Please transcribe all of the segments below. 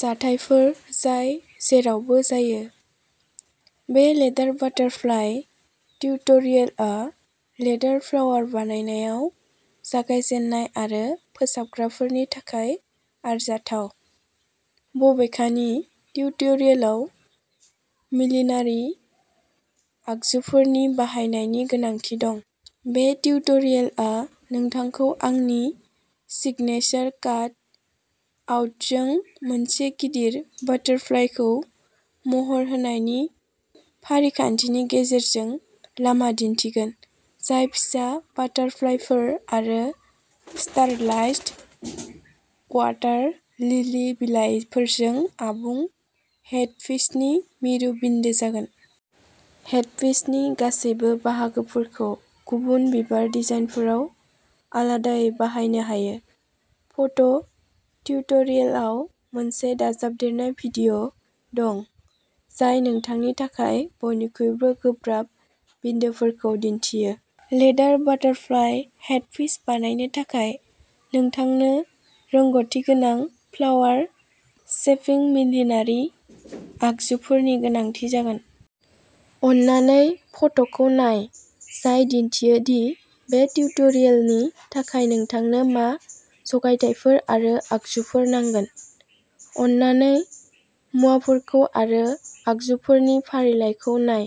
जाथायफोर जाय जेरावबो जायो। बे लेदार बाटारफ्लाइ टिउटरियेलआ लेदार फ्लावार बानायनायाव जागायजेननाय आरो फोसाबग्राफोरनि थाखाय आरजाथाव। बबेखानि टिउटरियेलाव मिलिनारि आगजुफोरनि बाहायनायनि गोनांथि दं। बे टिउटरियेलआ नोंथांखौ आंनि सिगनेसार काट आउटजों मोनसे गिदिर बाटारफ्लाइखौ महर होनायनि फारिखान्थिनि गेजेरजों लामा दिन्थिगोन जाय फिसा बाटारफ्लाइफोर आरो स्टाइलाइज्ड अवाटार लिलि बिलाइफोरजों आबुं हेडपिसनि मिरु बिन्दो जागोन। हेडपिसनि गासैबो बाहागोफोरखौ गुबुन बिबार डिजाइनफोराव आलादायै बाहायनो हायो। फट' टिउटरियेलाव मोनसे दाजाबदेरनाय भिडिअ दं जाय नोंथांनि थाखाय बयनिख्रुइबो गोब्राब बिन्दोफोरखौ दिन्थियो। लेदार बाटारफ्लाइ हेडपिस बानायनो थाखाय नोंथांनो रोंग'थिगोनां फ्लावार शेपिं मिलिनारि आगजुफोरनि गोनांथि जागोन। अननानै फट'खौ नाय जाय दिन्थियो दि बे टिउटरियेलनि थाखाय नोंथांनो मा जगायथायफोर आरो आगजुफोर नांगोन। अननानै मुवाफोरखौ आरो आगजुफोरनि फारिलाइखौ नाय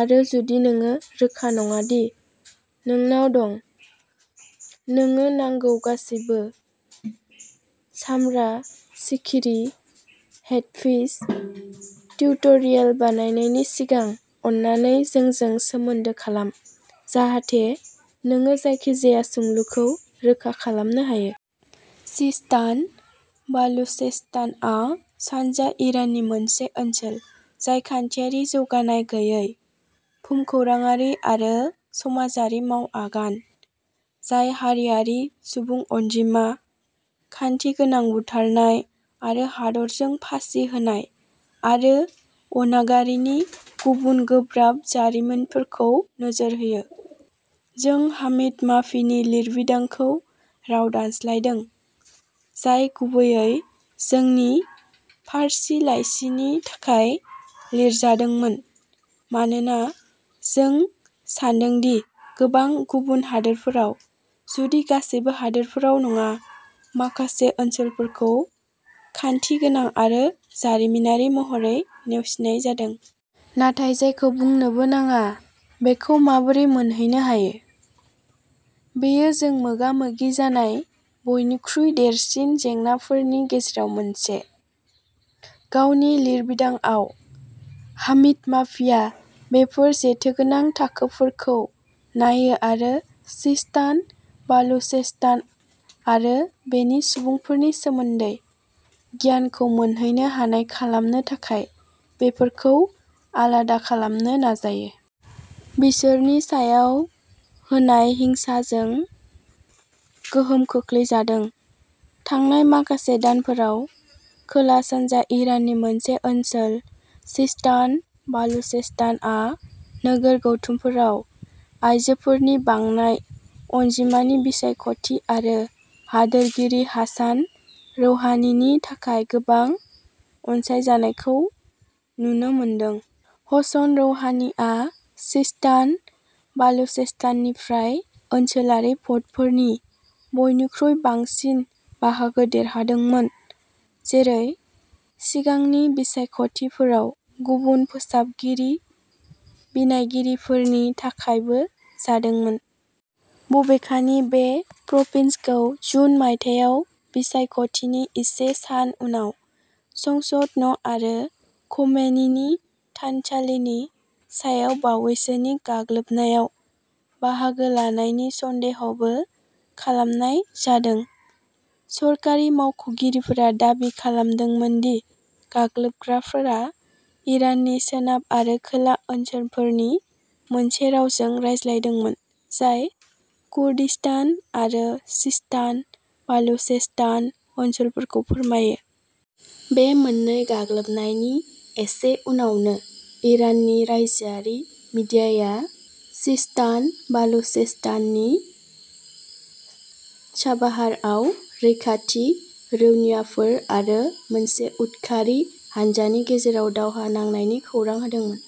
आरो जुदि नोङो रोखा नङा दि नोंनाव दं। नोङो नांगौ गासैबो, सामब्रा सिखिरि हेडपिस टिउटरियेल बानायनायनि सिगां अननानै जोंजों सोमोन्दो खालाम, जाहाथे नोङो जायखिजाया सोंलुखौ रोखा खालामनो हायो। सिस्तान बालुचेस्तानआ सानजा इराननि मोनसे ओनसोल जाय खान्थियारि जौगानाय गैयै, भुमखौराङारि आरो समाजारि मावआगान, जाय हारिआरि सुबुं अनजिमा, खान्थि गोनां बुथारनाय आरो हादरजों फासि होनाय आरो अनागारिनि गुबुन गोब्राब जारिमिनफोरखौ नोजोर होयो। जों हामिद माफिनि लिरबिदांखौ राव दानस्लायदों, जाय गुबैयै जोंनि फारसि लाइसिनि थाखाय लिरजादोंमोन, मानोना जों सान्दों दि गोबां गुबुन हादोरफोराव, जुदि गासैबो हादोरफोराव नङा, माखासे ओनसोलफोरखौ खानथि गोनां आरो जारिमिनारि महरै नेवसिनाय जादों। नाथाय जायखौ बुंनोबो नाङा बेखौ माबोरै मोनहैनो हायो? बेयो जों मोगा मोगि जानाय बयनिख्रुइ देरसिन जेंनाफोरनि गेजेराव मोनसे। गावनि लिरबिदांआव, हामिद माफिया बेफोर जेथोगोनां थाखोफोरखौ नायो आरो सिस्तान बालुचेस्तान आरो बेनि सुबुंफोरनि सोमोन्दै गियानखौ मोनहैनो हानाय खालामनो थाखाय बेफोरखौ आलादा खालामनो नाजायो। बिसोरनि सायाव होनाय हिंसाजों गोहोम खोख्लैजादों। थांनाय माखासे दानफोराव, खोला-सानजा इराननि मोनसे ओनसोल, सिस्तान बालुचेस्तानआ नोगोर गौथुमफोराव आइजोफोरनि बांनाय अनजिमानि बिसायख'थि आरो हादोरगिरि हासान रौहानिनि थाखाय गोबां अनसायजानायखौ नुनो मोनदों। हसन रौहानिआ सिस्तान बालुचेस्ताननिफ्राय ओनसोलारि भ'टफोरनि बयनिख्रुइ बांसिन बाहागो देरहादोंमोन, जेरै सिगांनि बिसायख'थिफोराव गुबुन फोसाबगिरि बिनायगिरिफोरनि थाखायबो जादोंमोन। बबेखानि, बे प्रभिन्सखौ जुन मायथाइयाव बिसायख'थिनि इसे सान उनाव संसद न'आरो ख'मेनिनि थानसालिनि सायाव बावैसोनि गाग्लोबनायाव बाहागो लानायनि सन्देहबो खालामनाय जादों। सरखारि मावख'गिरिफोरा दाबि खालामदोंमोन दि गाग्लोबग्राफोरा इराननि सोनाब आरो खोला ओनसोलफोरनि मोनसे रावजों रायज्लायदोंमोन जाय कुर्दिस्तान आरो सिस्तान बालुचेस्तान ओनसोलफोरखौ फोरमायो। बे मोननै गाग्लोबनायनि एसे उनावनो, इराननि रायजोआरि मिडियाया सिस्तान बालुचेस्ताननि चाबाहारआव रैखाथि रौनियाफोर आरो मोनसे उदखारि हानजानि गेजेराव दावहा नांनायनि खौरां होदोंमोन।